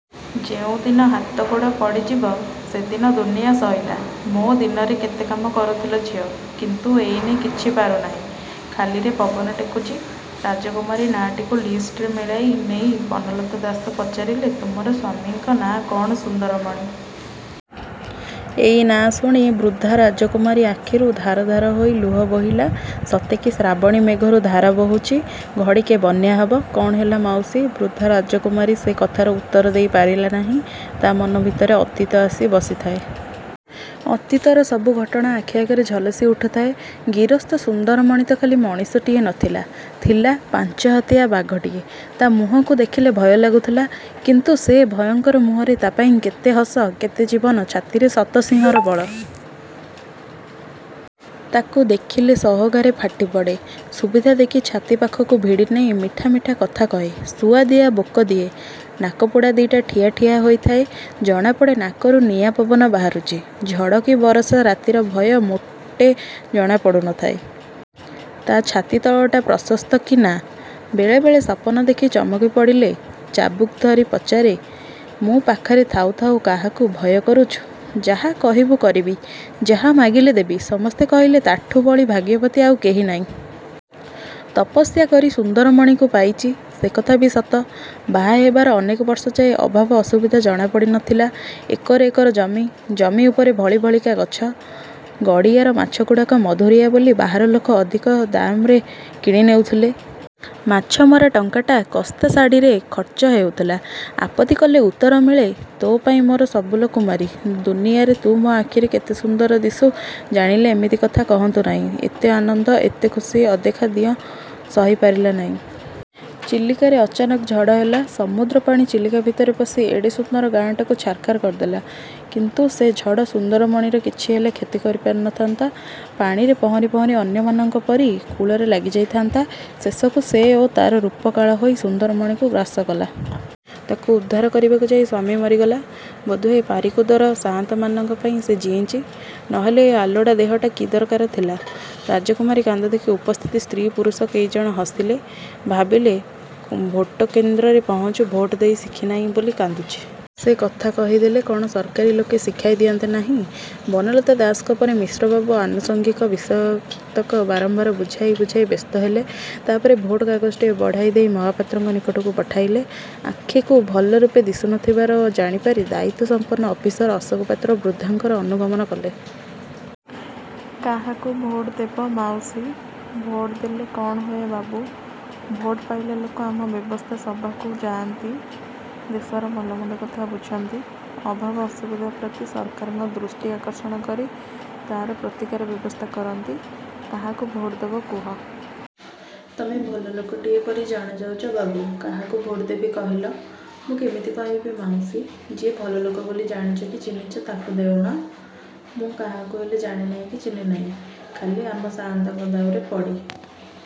ଯେଉଁଦିନ ହାତ ଗୋଡ଼ ପଡ଼ିଯିବ, ସେଦିନ ଦୁନିଆ ସଇଲା। ମୋ ଦିନରେ କେତେ କାମ କରୁଥିଲ ଝିଅ, କିନ୍ତୁ ଏଇନେ କିଛି ପାରୁନାହିଁ। ଖାଲିରେ ପବନ ଟେକୁଛି। ରାଜକୁମାରୀ ନାଁ ଟିକୁ ଲିଷ୍ଟରେ ମିଳାଇ ନେଇ ବନଲତା ଦାସ ପଚାରିଲେ, ତୁମର ସ୍ୱାମୀଙ୍କ ନାଁ କଣ ସୁନ୍ଦରମଣି? ଏଇ ନାଁ ଶୁଣି ବୃଦ୍ଧା ରାଜକୁମାରୀ ଆଖିରୁ ଧାର ଧାର ହୋଇ ଲୁହ ବୋହିଲା। ସତେ କି ଶ୍ରାବଣୀ ମେଘରୁ ଧାରା ବହୁଛି। ଘଡ଼ିକେ ବନ୍ୟା ହେବ! କଣ ହେଲା ମାଉସୀ? ବୃଦ୍ଧା ରାଜକୁମାରୀ ସେ କଥାର ଉତ୍ତର ଦେଇ ପାରିଲା ନାହିଁ। ତା' ମନ ଭିତରେ ଅତୀତ ଆସି ବସିଥାଏ। ଅତୀତର ସବୁ ଘଟଣା ଆଖି ଆଗରେ ଝଲସି ଉଠୁଥାଏ। ଗିରସ୍ତ ସୁନ୍ଦରମଣି ତ ଖାଲି ମଣିଷଟିଏ ନ ଥିଲା, ଥିଲା, ପାଞ୍ଚହାତିଆ ବାଘଟିଏ। ତା ମୁହଁକୁ ଦେଖିଲେ ଭୟ ଲାଗୁଥିଲା। କିନ୍ତୁ ସେ ଭୟଙ୍କର ମୁହଁରେ ତା' ପାଇଁ କେତେ ହସ, କେତେ ଜୀବନ! ଛାତିରେ ଶତ ସିଂହର ବଳ। ତାକୁ ଦେଖିଲେ ସୋହାଗରେ ଫାଟି ପଡ଼େ। ସୁବିଧା ଦେଖି ଛାତି ପାଖକୁ ଭିଡ଼ି ନେଇ ମିଠା ମିଠା କଥା କହେ, ସୁଆଦିଆ ବୋକ ଦିଏ। ନାକ ପୁଡ଼ା ଦି'ଟା ଠିଆ, ଠିଆ ହୋଇଯାଏ। ଜଣାପଡ଼େ ନାକରୁ ନିଆଁ ପବନ ବହାରୁଛି। ଝଡ଼ କି ବରଷା ରାତିର ଭୟ ମୋଟେ ଜଣା ପଡ଼ୁ ନ ଥାଏ। ତା' ଛାତି ତଳଟା ପ୍ରଶସ୍ତ କି ନା! ବେଳେ ବେଳେ ସପନ ଦେଖି ଚମକି ପଡ଼ିଲେ ଚିବୁକ ଧରି ପଚାରେ, ମୁଁ ପାଖରେ ଥାଉ ଥାଉ କାହାକୁ ଭୟ କରୁଛୁ? ଯାହା କହିବୁ କରିବି, ଯାହା ମାଗିଲେ ଦେବି। ସମସ୍ତେ କହିଲେ ତା'ଠୁ ବଳି ଭାଗ୍ୟବତୀ ଆଉ କେହି ନାହିଁ। ତପସ୍ୟା କରି ସୁନ୍ଦରମଣିକୁ ପାଇଛି। ସେ କଥା ବି ସତ। ବାହା ହେବାର ଅନେକ ବର୍ଷ ଯାଏ ଅଭାବ, ଅସୁବିଧା ଜଣା ପଡ଼ି ନ ଥିଲା। ଏକର, ଏକର ଜମି। ଜମି ଉପରେ ଭଳି ଭଳିକା ଗଛ। ଗଡ଼ିଆର ମାଛଗୁଡ଼ାକ ମଧୁରିଆ ବୋଲି ବାହାର ଲୋକେ ଅଧିକ ଦାମ୍ରେ କିଣି ନେଉଥିଲେ। ମାଛମରା ଟଙ୍କାଟା କସ୍ତା ଶାଢ଼ିରେ ଖର୍ଚ୍ଚ ହେଉଥିଲା। ଆପତ୍ତି କଲେ ଉତ୍ତର ମିଳେ, ତୋ' ପାଇଁ ମୋର ସବୁଲୋ କୁମାରୀ! ଦୁନିଆରେ ତୁ ମୋ ଆଖିରେ କେତେ ସୁନ୍ଦର ଦିଶୁ ଜାଣିଲେ ଏମିତି କଥା କହନ୍ତୁ ନାହିଁ। ଏତେ ଆନନ୍ଦ, ଏତେ ଖୁସି ଅଦେଖା ଦିଅଁ ସହି ପାରିଲା ନାହିଁ। ଚିଲିକାରେ ଅଚାନକ ଝଡ଼ ହେଲା। ସମୁଦ୍ରପାଣି ଚିଲିକା ଭିତରେ ପଶି ଏଡ଼େ ସୁନ୍ଦର ଗାଁ'ଟାକୁ ଛାରଖାର କରିଦେଲା। କିନ୍ତୁ ସେ ଝଡ଼ ସୁନ୍ଦରମଣିର କିଛି ହେଲେ କ୍ଷତି କରି ପାରି ନ ଥାନ୍ତା। ପାଣିରେ ପହଁରି ପହଁରି ଅନ୍ୟମାନଙ୍କ ପରି କୂଳରେ ଲାଗି ଯାଇଥାନ୍ତା। ଶେଷକୁ ସେ ଓ ତାର ରୂପ କାଳ ହୋଇ ସୁନ୍ଦରମଣିକୁ ଗ୍ରାସକଲା। ତାକୁ ଉଦ୍ଧାର କରିବାକୁ ଯାଇ ସ୍ୱାମୀ ମରିଗଲା। ବୋଧହୁଏ ପାରିକୁଦର ସାଆନ୍ତମାନଙ୍କ ପାଇଁ ସେ ଜୀଇଁଛି। ନ ହେଲେ ଏ ଆଲୋଡ଼ା ଦେହଟା କି ଦରକାର ଥିଲା? ରାଜକୁମାରୀ କାନ୍ଦ ଦେଖି ଉପସ୍ଥିତି ସ୍ତ୍ରୀ ପୁରୁଷ କେଇଜଣ ହସିଲେ। ଭାବିଲେ ଭୋଟକେନ୍ଦ୍ରରେ ପହୁଞ୍ଚି ଭୋଟ ଦେଇ ଶିଖି ନାହିଁ ବୋଲି କାନ୍ଦୁଛି। ସେ କଥା କହିଦେଲେ କଣ ସରକାରୀ ଲୋକେ ଶିଖାଇ ଦିଅନ୍ତେ ନାହିଁ? ବନଲତା ଦାସଙ୍କ ପରେ ମିଶ୍ରବାବୁ ଆନୁସଙ୍ଗିକ ବିଷୟତକ ବାରମ୍ୱାର ବୁଝାଇ, ବୁଝାଇ ବ୍ୟସ୍ତ ହେଲେ। ତା'ପରେ ଭୋଟ କାଗଜଟିଏ ବଢ଼ାଇ ଦେଇ ମହାପାତ୍ରଙ୍କ ନିକଟକୁ ପଠାଇଲେ। ଆଖିକୁ ଭଲରୂପେ ଦିଶୁ ନ ଥିବାର ଜାଣିପାରି ଦାୟିତ୍ୱ ସମ୍ପନ୍ନ ଅଫିସର ଅଶୋକ ପାତ୍ର ବୃଦ୍ଧାଙ୍କର ଅନୁଗମନ କଲେ। କାହାକୁ ଭୋଟ ଦେବ ମାଉସୀ? ଭୋଟ ଦେଲେ କଣ ହୁଏ ବାବୁ? ଭୋଟ ପାଇଲା ଲୋକ ଆମ ବ୍ୟବସ୍ଥା ସଭାକୁ ଯାଆନ୍ତି। ଦେଶର ଭଲମନ୍ଦ କଥା ବୁଝନ୍ତି। ଅଭାବ ଅସୁବିଧାପ୍ରତି ସରକାରଙ୍କ ଦୃଷ୍ଟି ଆକର୍ଷଣ କରି ତା'ର ପ୍ରତିକାର ବ୍ୟବସ୍ଥା କରନ୍ତି। କାହାକୁ ଭୋଟ ଦେବ କୁହ? ତମେ ଭଲ ଲୋକଟିଏ ପରି ଜଣାଯାଉଛ ବାବୁ। କାହାକୁ ଭୋଟ ଦେବି କହିଲ? ମୁଁ କେମିତି କହିବି ମାଉସୀ? ଯିଏ ଭଲଲୋକ ବୋଲି ଜାଣିଛ କି ଚିହ୍ନିଛ ତାକୁ ଦେଉନାଁ? ମୁଁ କାହାକୁ ହେଲେ ଜାଣେ ନାହିଁ କି ଚିହ୍ନେ ନାହିଁ। ଖାଲି ଆମ ସାଆନ୍ତଙ୍କ ଦାଉରେ ପଡ଼ି।